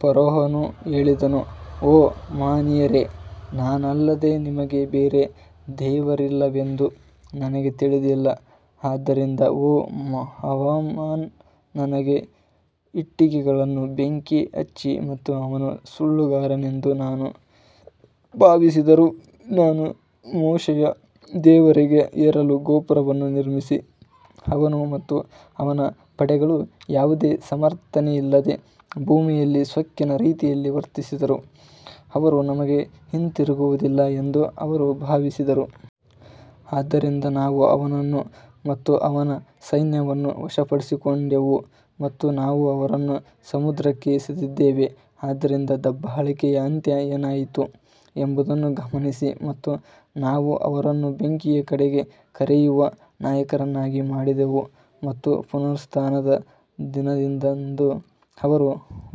ಫರೋಹನು ಹೇಳಿದನು ಓ ಮಹನೀಯರೇ, ನಾನಲ್ಲದೆ ನಿಮಗೆ ಬೇರೆ ದೇವರಿಲ್ಲವೆಂದು ನನಗೆ ತಿಳಿದಿಲ್ಲ, ಆದ್ದರಿಂದ ಓ ಹಾಮಾನ್ ನನಗೆ ಇಟ್ಟಿಗೆಗಳನ್ನು ಬೆಂಕಿ ಹಚ್ಚಿ ಮತ್ತು ಅವನು ಸುಳ್ಳುಗಾರನೆಂದು ನಾನು ಭಾವಿಸಿದರೂ ನಾನು ಮೋಶೆಯ ದೇವರಿಗೆ ಏರಲು ಗೋಪುರವನ್ನು ನಿರ್ಮಿಸಿ ಅವನು ಮತ್ತು ಅವನ ಪಡೆಗಳು ಯಾವುದೇ ಸಮರ್ಥನೆಯಿಲ್ಲದೆ ಭೂಮಿಯಲ್ಲಿ ಸೊಕ್ಕಿನ ರೀತಿಯಲ್ಲಿ ವರ್ತಿಸಿದರು, ಅವರು ನಮಗೆ ಹಿಂತಿರುಗುವುದಿಲ್ಲ ಎಂದು ಅವರು ಭಾವಿಸಿದರು. ಆದ್ದರಿಂದ ನಾವು ಅವನನ್ನು ಮತ್ತು ಅವನ ಸೈನ್ಯವನ್ನು ವಶಪಡಿಸಿಕೊಂಡೆವು ಮತ್ತು ನಾವು ಅವರನ್ನು ಸಮುದ್ರಕ್ಕೆ ಎಸೆದಿದ್ದೇವೆ ಆದ್ದರಿಂದ ದಬ್ಬಾಳಿಕೆಯ ಅಂತ್ಯ ಏನಾಯಿತು ಎಂಬುದನ್ನು ಗಮನಿಸಿ ಮತ್ತು ನಾವು ಅವರನ್ನು ಬೆಂಕಿಯ ಕಡೆಗೆ ಕರೆಯುವ ನಾಯಕರನ್ನಾಗಿ ಮಾಡಿದೆವು ಮತ್ತು ಪುನರುತ್ಥಾನದ ದಿನದಂದು ಅವರು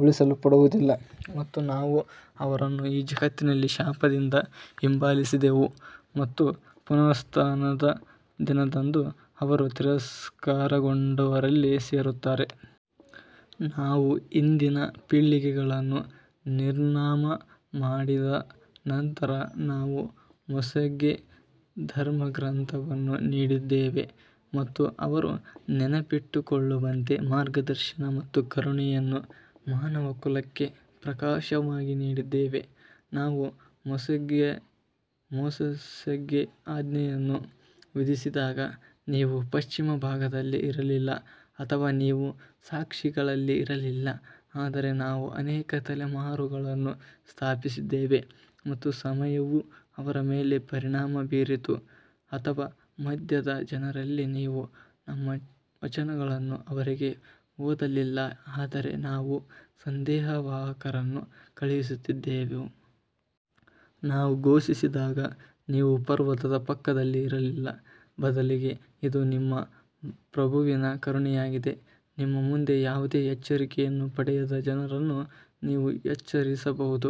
ಉಳಿಸಲ್ಪಡುವುದಿಲ್ಲ ಮತ್ತು ನಾವು ಅವರನ್ನು ಈ ಜಗತ್ತಿನಲ್ಲಿ ಶಾಪದಿಂದ ಹಿಂಬಾಲಿಸಿದೆವು ಮತ್ತು ಪುನರುತ್ಥಾನದ ದಿನದಂದು ಅವರು ತಿರಸ್ಕಾರಗೊಂಡವರಲ್ಲಿ ಸೇರುತ್ತಾರೆ. ನಾವು ಹಿಂದಿನ ಪೀಳಿಗೆಗಳನ್ನು ನಿರ್ನಾಮ ಮಾಡಿದ ನಂತರ ನಾವು ಮೋಸೆಸ್ಗೆ ಧರ್ಮಗ್ರಂಥವನ್ನು ನೀಡಿದ್ದೇವೆ ಮತ್ತು ಅವರು ನೆನಪಿಟ್ಟುಕೊಳ್ಳುವಂತೆ ಮಾರ್ಗದರ್ಶನ ಮತ್ತು ಕರುಣೆಯನ್ನು ಮಾನವಕುಲಕ್ಕೆ ಪ್ರಕಾಶವಾಗಿ ನೀಡಿದ್ದೇವೆ. ನಾವು ಮೋಸೆಸ್ಗೆ ಆಜ್ಞೆಯನ್ನು ವಿಧಿಸಿದಾಗ ನೀವು ಪಶ್ಚಿಮ ಭಾಗದಲ್ಲಿ ಇರಲಿಲ್ಲ ಅಥವಾ ನೀವು ಸಾಕ್ಷಿಗಳಲ್ಲಿ ಇರಲಿಲ್ಲ ಆದರೆ ನಾವು ಅನೇಕ ತಲೆಮಾರುಗಳನ್ನು ಸ್ಥಾಪಿಸಿದ್ದೇವೆ ಮತ್ತು ಸಮಯವು ಅವರ ಮೇಲೆ ಪರಿಣಾಮ ಬೀರಿತು ಅಥವಾ ಮಧ್ಯದ ಜನರಲ್ಲಿ ನೀವು ನಮ್ಮ ವಚನಗಳನ್ನು ಅವರಿಗೆ ಓದಲಿಲ್ಲ ಆದರೆ ನಾವು ಸಂದೇಶವಾಹಕರನ್ನು ಕಳುಹಿಸುತ್ತಿದ್ದೆವು. ನಾವು ಘೋಷಿಸಿದಾಗ ನೀವು ಪರ್ವತದ ಪಕ್ಕದಲ್ಲಿ ಇರಲಿಲ್ಲ, ಬದಲಿಗೆ ಇದು ನಿಮ್ಮ ಪ್ರಭುವಿನ ಕರುಣೆಯಾಗಿದೆ, ನಿಮ್ಮ ಮುಂದೆ ಯಾವುದೇ ಎಚ್ಚರಿಕೆಯನ್ನು ಪಡೆಯದ ಜನರನ್ನು ನೀವು ಎಚ್ಚರಿಸಬಹುದು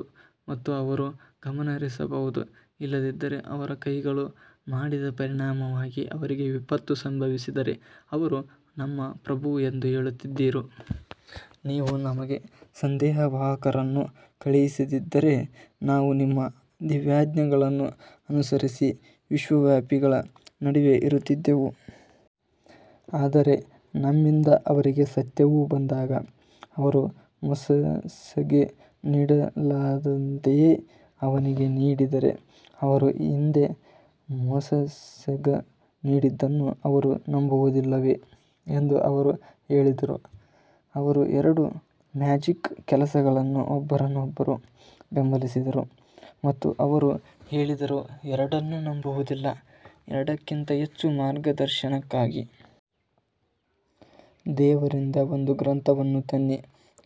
ಮತ್ತು ಅವರು ಗಮನಹರಿಸಬಹುದು. ಇಲ್ಲದಿದ್ದರೆ ಅವರ ಕೈಗಳು ಮಾಡಿದ ಪರಿಣಾಮವಾಗಿ ಅವರಿಗೆ ವಿಪತ್ತು ಸಂಭವಿಸಿದರೆ ಅವರು ನಮ್ಮ ಪ್ರಭು ಎಂದು ಹೇಳುತ್ತಿದ್ದರು, ನೀವು ನಮಗೆ ಸಂದೇಶವಾಹಕರನ್ನು ಕಳುಹಿಸಿದ್ದರೆ ನಾವು ನಿಮ್ಮ ದಿವ್ಯಜ್ಞಾನಗಳನ್ನು ಅನುಸರಿಸಿ ವಿಶ್ವಾಸಿಗಳ ನಡುವೆ ಇರುತ್ತಿದ್ದೆವು. ಆದರೆ ನಮ್ಮಿಂದ ಅವರಿಗೆ ಸತ್ಯವು ಬಂದಾಗ ಅವರು ಮೋಸೆಸ್ಗೆ ನೀಡಲಾದಂತೆಯೇ ಅವನಿಗೆ ನೀಡಿದರೆ ಅವರು ಹಿಂದೆ ಮೋಸೆಸ್ಗೆ ನೀಡಿದ್ದನ್ನು ಅವರು ನಂಬುವುದಿಲ್ಲವೇ ಎಂದು ಅವರು ಹೇಳಿದರು ಅವರು ಎರಡು ಮ್ಯಾಜಿಕ್ ಕೆಲಸಗಳನ್ನು ಒಬ್ಬರನ್ನೊಬ್ಬರು ಬೆಂಬಲಿಸಿದರು ಮತ್ತು ಅವರು ಹೇಳಿದರು. ಎರಡನ್ನೂ ನಂಬುವುದಿಲ್ಲ ಎರಡಕ್ಕಿಂತ ಹೆಚ್ಚು ಮಾರ್ಗದರ್ಶನಕ್ಕಾಗಿ ದೇವರಿಂದ ಒಂದು ಗ್ರಂಥವನ್ನು ತನ್ನಿ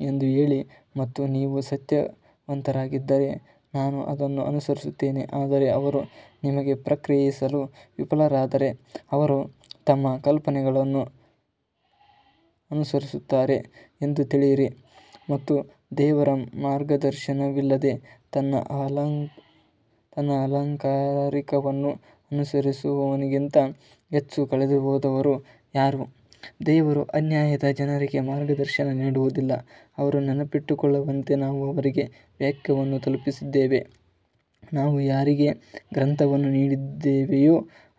ಎಂದು ಹೇಳಿ ಮತ್ತು ನೀವು ಸತ್ಯವಂತರಾಗಿದ್ದರೆ ನಾನು ಅದನ್ನು ಅನುಸರಿಸುತ್ತೇನೆ ಆದರೆ ಅವರು ನಿಮಗೆ ಪ್ರತಿಕ್ರಿಯಿಸಲು ವಿಫಲರಾದರೆ ಅವರು ತಮ್ಮ ಕಲ್ಪನೆಗಳನ್ನು ಅನುಸರಿಸುತ್ತಾರೆ ಎಂದು ತಿಳಿಯಿರಿ ಮತ್ತು ದೇವರ ಮಾರ್ಗದರ್ಶನವಿಲ್ಲದೆ ತನ್ನ ಅಲಂಕಾರಿಕವನ್ನು ಅನುಸರಿಸುವವನಿಗಿಂತ ಹೆಚ್ಚು ಕಳೆದುಹೋದವರು ಯಾರು ದೇವರು ಅನ್ಯಾಯದ ಜನರಿಗೆ ಮಾರ್ಗದರ್ಶನ ನೀಡುವುದಿಲ್ಲ ಅವರು ನೆನಪಿಟ್ಟುಕೊಳ್ಳುವಂತೆ ನಾವು ಅವರಿಗೆ ವಾಕ್ಯವನ್ನು ತಲುಪಿಸಿದ್ದೇವೆ ನಾವು ಯಾರಿಗೆ ಗ್ರಂಥವನ್ನು ನೀಡಿದ್ದೇವೆಯೋ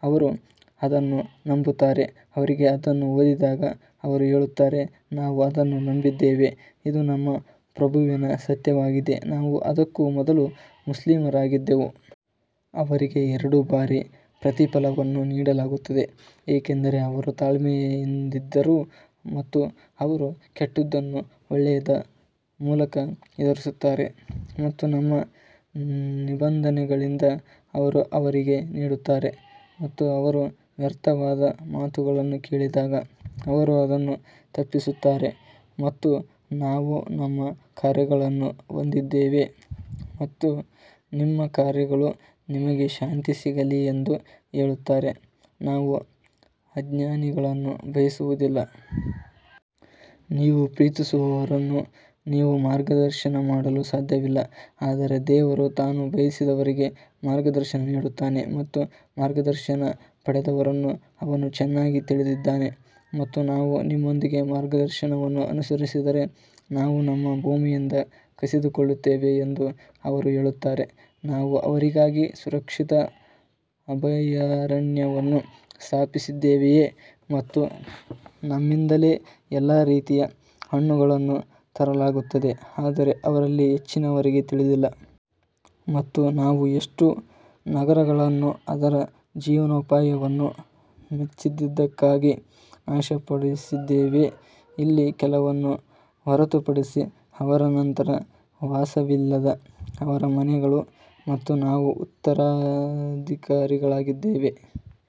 ಅವರು ಅದನ್ನು ನಂಬುತ್ತಾರೆ ಅವರಿಗೆ ಅದನ್ನು ಓದಿದಾಗ ಅವರು ಹೇಳುತ್ತಾರೆ ನಾವು ಅದನ್ನು ನಂಬಿದ್ದೇವೆ ಇದು ನಮ್ಮ ಪ್ರಭುವಿನ ಸತ್ಯವಾಗಿದೆ ನಾವು ಅದಕ್ಕೂ ಮೊದಲು ಮುಸ್ಲಿಮರಾಗಿದ್ದೆವು. ಅವರಿಗೆ ಎರಡು ಬಾರಿ ಪ್ರತಿಫಲವನ್ನು ನೀಡಲಾಗುತ್ತದೆ ಏಕೆಂದರೆ ಅವರು ತಾಳ್ಮೆಯಿಂದಿದ್ದರು ಮತ್ತು ಅವರು ಕೆಟ್ಟದ್ದನ್ನು ಒಳ್ಳೆಯದ ಮೂಲಕ ಎದುರಿಸುತ್ತಾರೆ ಮತ್ತು ನಮ್ಮ ನಿಬಂಧನೆಗಳಿಂದ ಅವರು ಅವರಿಗೆ ನೀಡುತ್ತಾರೆ ಮತ್ತು ಅವರು ವ್ಯರ್ಥವಾದ ಮಾತುಗಳನ್ನು ಕೇಳಿದಾಗ ಅವರು ಅದನ್ನು ತಪ್ಪಿಸುತ್ತಾರೆ ಮತ್ತು ನಾವು ನಮ್ಮ ಕಾರ್ಯಗಳನ್ನು ಹೊಂದಿದ್ದೇವೆ ಮತ್ತು ನಿಮ್ಮ ಕಾರ್ಯಗಳು ನಿಮಗೆ ಶಾಂತಿ ಸಿಗಲಿ ಎಂದು ಹೇಳುತ್ತಾರೆ ನಾವು ಅಜ್ಞಾನಿಗಳನ್ನು ಬಯಸುವುದಿಲ್ಲ. ನೀವು ಪ್ರೀತಿಸುವವರನ್ನು ನೀವು ಮಾರ್ಗದರ್ಶನ ಮಾಡಲು ಸಾಧ್ಯವಿಲ್ಲ ಆದರೆ ದೇವರು ತಾನು ಬಯಸಿದವರಿಗೆ ಮಾರ್ಗದರ್ಶನ ನೀಡುತ್ತಾನೆ ಮತ್ತು ಮಾರ್ಗದರ್ಶನ ಪಡೆದವರನ್ನು ಅವನು ಚೆನ್ನಾಗಿ ತಿಳಿದಿದ್ದಾನೆ ಮತ್ತು ನಾವು ನಿಮ್ಮೊಂದಿಗೆ ಮಾರ್ಗದರ್ಶನವನ್ನು ಅನುಸರಿಸಿದರೆ ನಾವು ನಮ್ಮ ಭೂಮಿಯಿಂದ ಕಸಿದುಕೊಳ್ಳುತ್ತೇವೆ ಎಂದು ಅವರು ಹೇಳುತ್ತಾರೆ, ನಾವು ಅವರಿಗಾಗಿ ಸುರಕ್ಷಿತ ಅಭಯಾರಣ್ಯವನ್ನು ಸ್ಥಾಪಿಸಿದ್ದೇವೆಯೇ ಮತ್ತು ನಮ್ಮಿಂದಲೇ ಎಲ್ಲಾ ರೀತಿಯ ಹಣ್ಣುಗಳನ್ನು ತರಲಾಗುತ್ತದೆ ಆದರೆ ಅವರಲ್ಲಿ ಹೆಚ್ಚಿನವರಿಗೆ ತಿಳಿದಿಲ್ಲ. ಮತ್ತು ನಾವು ಎಷ್ಟು ನಗರಗಳನ್ನು ಅದರ ಜೀವನೋಪಾಯವನ್ನು ಮೆಚ್ಚದಿದ್ದಕ್ಕಾಗಿ ನಾಶಪಡಿಸಿದ್ದೇವೆ ಇಲ್ಲಿ ಕೆಲವನ್ನು ಹೊರತುಪಡಿಸಿ ಅವರ ನಂತರ ವಾಸವಿಲ್ಲದ ಅವರ ಮನೆಗಳು ಮತ್ತು ನಾವು ಉತ್ತರಾಧಿಕಾರಿಗಳಾಗಿದ್ದೇವೆ.